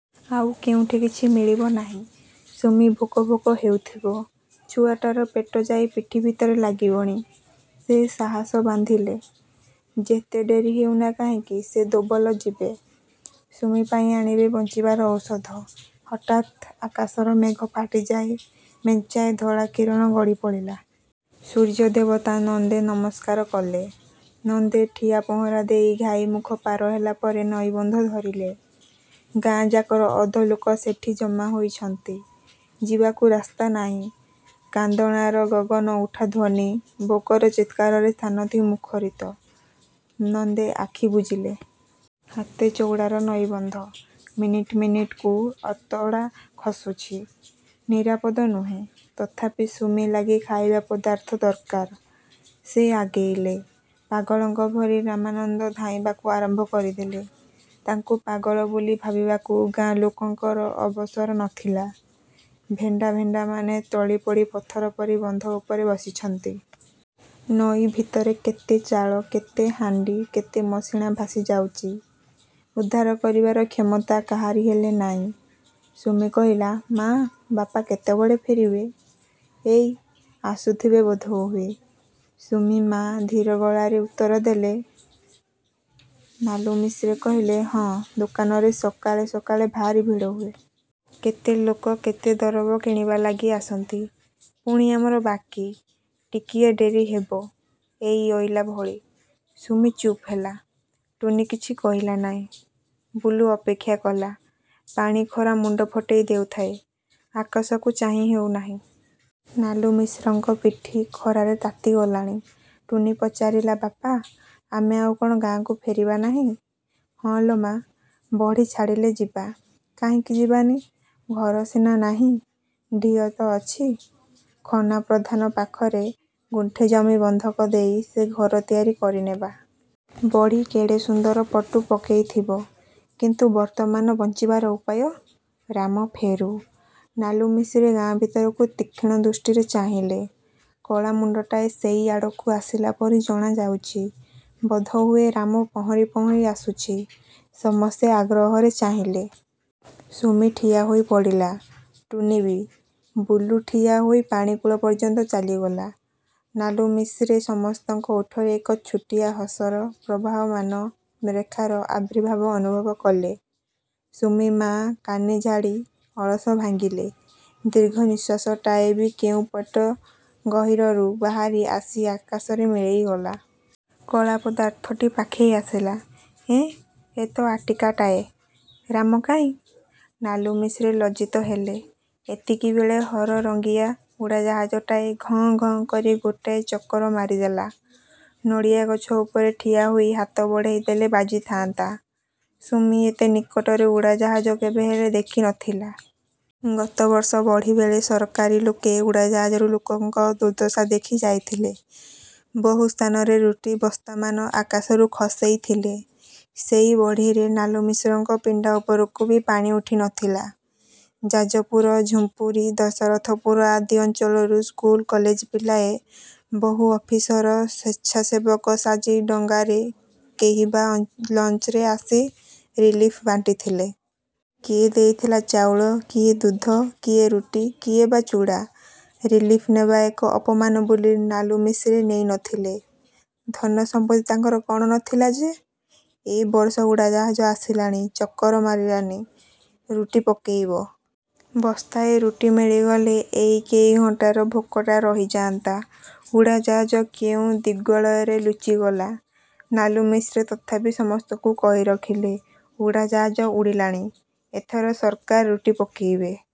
ଆଉ କେଉଁଠି କିଛି ମିଳିବ ନାଇଁ। ସୁମି ଭୋକ ଭୋକ ହେଉଥିବ। ଛୁଆଟାର ପେଟ ଯାଇ ପିଠି ଭିତରେ ଲାଗିବଣି। ସେ ସାହସ ବାନ୍ଧିଲେ। ଯେତେ ଡେରି ହେଉନା କାହିଁକି ସେ ଦୋବଲ ଯିବେ। ସୁମି ପାଇଁ ଆଣିବେ ବଞ୍ଚିବାର ଔଷଧ। ହଠାତ୍ ଆକାଶର ମେଘ ଫାଟିଯାଇ ମେଞ୍ଚାଏ ଧଳା କିରଣ ଗଳି ପଡ଼ିଲା। ସୂର୍ଯ୍ୟ ଦେବତା–ନନ୍ଦେ ନମସ୍କାର କଲେ। ନନ୍ଦେ ଠିଆ ପହଁରା ଦେଇ ଘାଇ ମୁଖ ପାର ହେଲା ପରେ ନଈବନ୍ଧ ଧରିଲେ। ଗାଁ-ଯାକର ଅଧ ଲୋକ ସେଠି ଜମା ହୋଇଛନ୍ତି। ଯିବାକୁ ରାସ୍ତା ନାହିଁ। କାନ୍ଦଣାର ଗଗନ ଉଠା ଧ୍ୱନି, ଭୋକର ଚିତ୍କାରରେ ସ୍ଥାନଟି ମୁଖରିତ। ନନ୍ଦେ ଆଖି ବୁଜିଲେ। ହାତେ ଚଉଡ଼ାର ନଈବନ୍ଧ। ମିନିଟ ମିନିଟକୁ ଅତଡ଼ା ଖସୁଚି। ନିରାପଦ ନୁହେଁ! ତଥାପି ସୁମି ଲାଗି ଖାଇବା ପଦାର୍ଥ ଦର୍କାର। ସେ ଆଗେଇଲେ। ପାଗଳଙ୍କ ଭଳି ରାମାନନ୍ଦେ ଧାଇଁବାକୁ ଆରମ୍ଭ କରିଦେଲେ। ତାଙ୍କୁ ପାଗଳ ବୋଲି ଭାବିବାକୁ ଗାଁ ଲୋକଙ୍କର ଅବସର ନ ଥିଲା। ଭେଣ୍ଡା ଭେଣ୍ଡାମାନେ ଟଳି ପଡ଼ି ପଥର ପରି ବନ୍ଧ ଉପରେ ବସିଛନ୍ତି। ନଈ ଭିତରେ କେତେ ଚାଳ, କେତେ ହାଣ୍ଡି, କେତେ ମସିଣା ଭାସି ଯାଉଚି। ଉଦ୍ଧାର କରିବାର କ୍ଷମତା କାହାରି ହେଲେ ନାଇଁ। ସୁମି କହିଲା–ମା, ବାପା କେତେବେଳେ ଫେରିବେ। –ଏଇ ଆସୁଥିବେ ବୋଧହୁଏ। ସୁମି-ମା ଧୀର ଗଳାରେ ଉତ୍ତର ଦେଲେ। ନାଲୁମିଶ୍ରେ କହିଲେ–ହଁ ଦୋକାନରେ ସକାଳେ ସକାଳେ ଭାରି ଭିଡ଼ ହୁଏ। କେତେ ଲୋକ କେତେ ଦରବ କିଣିବା ଲାଗି ଆସନ୍ତି। ପୁଣି ଆମର ବାକୀ। ଟିକିଏ ଡେରି ହେବ। ଏଇ ଅଇଲା ଭଳି। ସୁମି ଚୁପ୍ ହେଲା। ଟୁନୀ କିଛି କହିଲା ନାଇଁ। ବୁଲୁ ଅପେକ୍ଷା କଲା। ପାଣି ଖରା ମୁଣ୍ଡ ଫଟେଇ ଦେଉଥାଏ। ଆକାଶକୁ ଚାହିଁ ହେଉ ନାହିଁ। ନାଲୁମିଶ୍ରଙ୍କ ପିଠି ଖରାରେ ତାତି ଗଲାଣି। ଟୁନୀ ପଚାରିଲା–ବାପା, ଆମେ ଆଉ କଣ ଗାଁକୁ ଫେରିବା ନାହିଁ। ହଁ ଲୋ ମା, ବଢ଼ି ଛାଡ଼ିଲେ ଯିବା। କାହିଁକି ଯିବାନି। ଘର ସିନା ନାହିଁ। ଢିଅ ତ ଅଛି। ଖନା ପ୍ରଧାନ ପାଖରେ ଗୁଣ୍ଠେ ଜମି ବନ୍ଧକ ଦେଇ ସେ ଘର ତିଆରି କରି ନେବା। ବଢ଼ି କେଡ଼େ ସୁନ୍ଦର ପଟୁ ପକେଇଥିବ। କିନ୍ତୁ ବର୍ତ୍ତମାନ ବଞ୍ଚିବାର ଉପାୟ? ରାମ ଫେରୁ। ନାଲୁମିଶ୍ରେ ଗାଁ ଭିତରକୁ ତୀକ୍ଷ୍ଣ ଦୃଷ୍ଟିରେ ଚାହିଁଲେ। କଳା ମୁଣ୍ଡଟାଏ ସେଇ ଆଡ଼କୁ ଆସିଲା ପରି ଜଣା ଯାଉଚି। ବୋଧହୁଏ ରାମ ପହଁରି ପହଁରି ଆସୁଚି। ସମସ୍ତେ ଆଗ୍ରହରେ ଚାହିଁଲେ। ସୁମି ଠିଆ ହୋଇପଡ଼ିଲା। ଟୁନୀ ବି। ବୁଲୁ ଠିଆ ହୋଇ ପାଣି କୂଳ ପର୍ଯ୍ୟନ୍ତ ଚାଲିଗଲା। ନାଲୁମିଶ୍ରେ ସମସ୍ତଙ୍କ ଓଠରେ ଏକ ଛୋଟିଆ ହସର ପ୍ରବହମାନ ରେଖାର ଆବିର୍ଭାବ ଅନୁଭବ କଲେ। ସୁମି-ମା କାନି ଝାଡ଼ି ଅଳସ ଭାଙ୍ଗିଲେ। ଦୀର୍ଘ ନିଶ୍ୱାସଟାଏ ବି କେଉଁ ପେଟ ଗହୀରରୁ ବାହାରି ଆସି ଆକାଶରେ ମିଳେଇ ଗଲା-। କଳା ପଦାର୍ଥଟି ପାଖେଇ ଆସିଲା। ଏଁ–ଏ ତ ଆଟିକାଟାଏ। ରାମ କାହିଁ? ନାଲୁମିଶ୍ରେ ଲଜ୍ଜିତ ହେଲେ। ଏତିକିବେଳେ ହରରଙ୍ଗିଆ ଉଡ଼ାଜାହାଜଟାଏ ଘଁ-ଘଁ କରି ଗୋଟାଏ ଚକର ମାରିଦେଲା-। ନଡ଼ିଆଗଛ ଉପରେ ଠିଆ ହୋଇ ହାତ ବଢ଼େଇଲେ ବାଜିଥାନ୍ତା। ସୁମି ଏତେ ନିକଟରେ ଉଡ଼ାଜାହାଜ କେବେ ହେଲେ ଦେଖି ନ ଥିଲା। ଗତ ବର୍ଷ ବଢ଼ି ବେଳେ ସରକାରୀ ଲୋକେ ଉଡ଼ାଜାହାଜରୁ ଲୋକଙ୍କ ଦୁର୍ଦ୍ଦଶା ଦେଖି ଯାଇଥିଲେ। ବହୁ ସ୍ଥାନରେ ରୁଟି ବସ୍ତାମାନ ଆକାଶରୁ ଖସେଇ ଥିଲେ। ସେ ବଢ଼ିରେ ନାଲୁମିଶ୍ରଙ୍କ ପିଣ୍ଡା ଉପରକୁ ବି ପାଣି ଉଠି ନ ଥିଲା। ଯାଜପୁର, ଝୁମ୍ପୁରି, ଦଶରଥପୁର ଆଦି ଅଞ୍ଚଳରୁ ସ୍କୁଲ କଲେଜ ପିଲାଏ; ବହୁ ଅଫିସର ସ୍ୱେଚ୍ଛାକସେବକ ସାଜି ଡଙ୍ଗାରେ, କେହି ବା ଲଞ୍ଚରେ ଆସି ରିଲିଫ୍ ବାଣ୍ଟିଥିଲେ। କିଏ ଦେଇଥିଲା ଚାଉଳ, କିଏ ଦୁଧ, କିଏ ରୁଟି–କିଏ ବା ଚୁଡ଼ା। ରିଲିଫ୍ ନେବା ଏକ ଅପମାନ ବୋଲି ନାଲୁମିଶ୍ରେ ନେଇ ନ ଥିଲେ। ଧନ ସମ୍ପତ୍ତି ତାଙ୍କର କଣ ନ ଥିଲା ଯେ? ଏ ବର୍ଷ ଉଡ଼ାଜାହାଜ ଆସିଲାଣି, ଚକର୍ ମାରିଲାଣି। ରୁଟି ପକେଇବ। ବସ୍ତାଏ ରୁଟି ମିଳିଗଲେ ଏଇ କେଇ ଘଣ୍ଟାର ଭୋକଟା ରହିଯାଆନ୍ତା। ଉଡ଼ାଜାହାଜ କେଉଁ ଦିଗ୍ବଳୟରେ ଲୁଚିଗଲା। ନାଲୁମିଶ୍ରେ ତଥାପି ସମସ୍ତଙ୍କୁ କହି ରଖିଲେ–ଉଡ଼ାଜାହାଜ ଉଡ଼ିଲାଣି ଏଥର ସର୍କାର ରୁଟି ପକେଇବେ।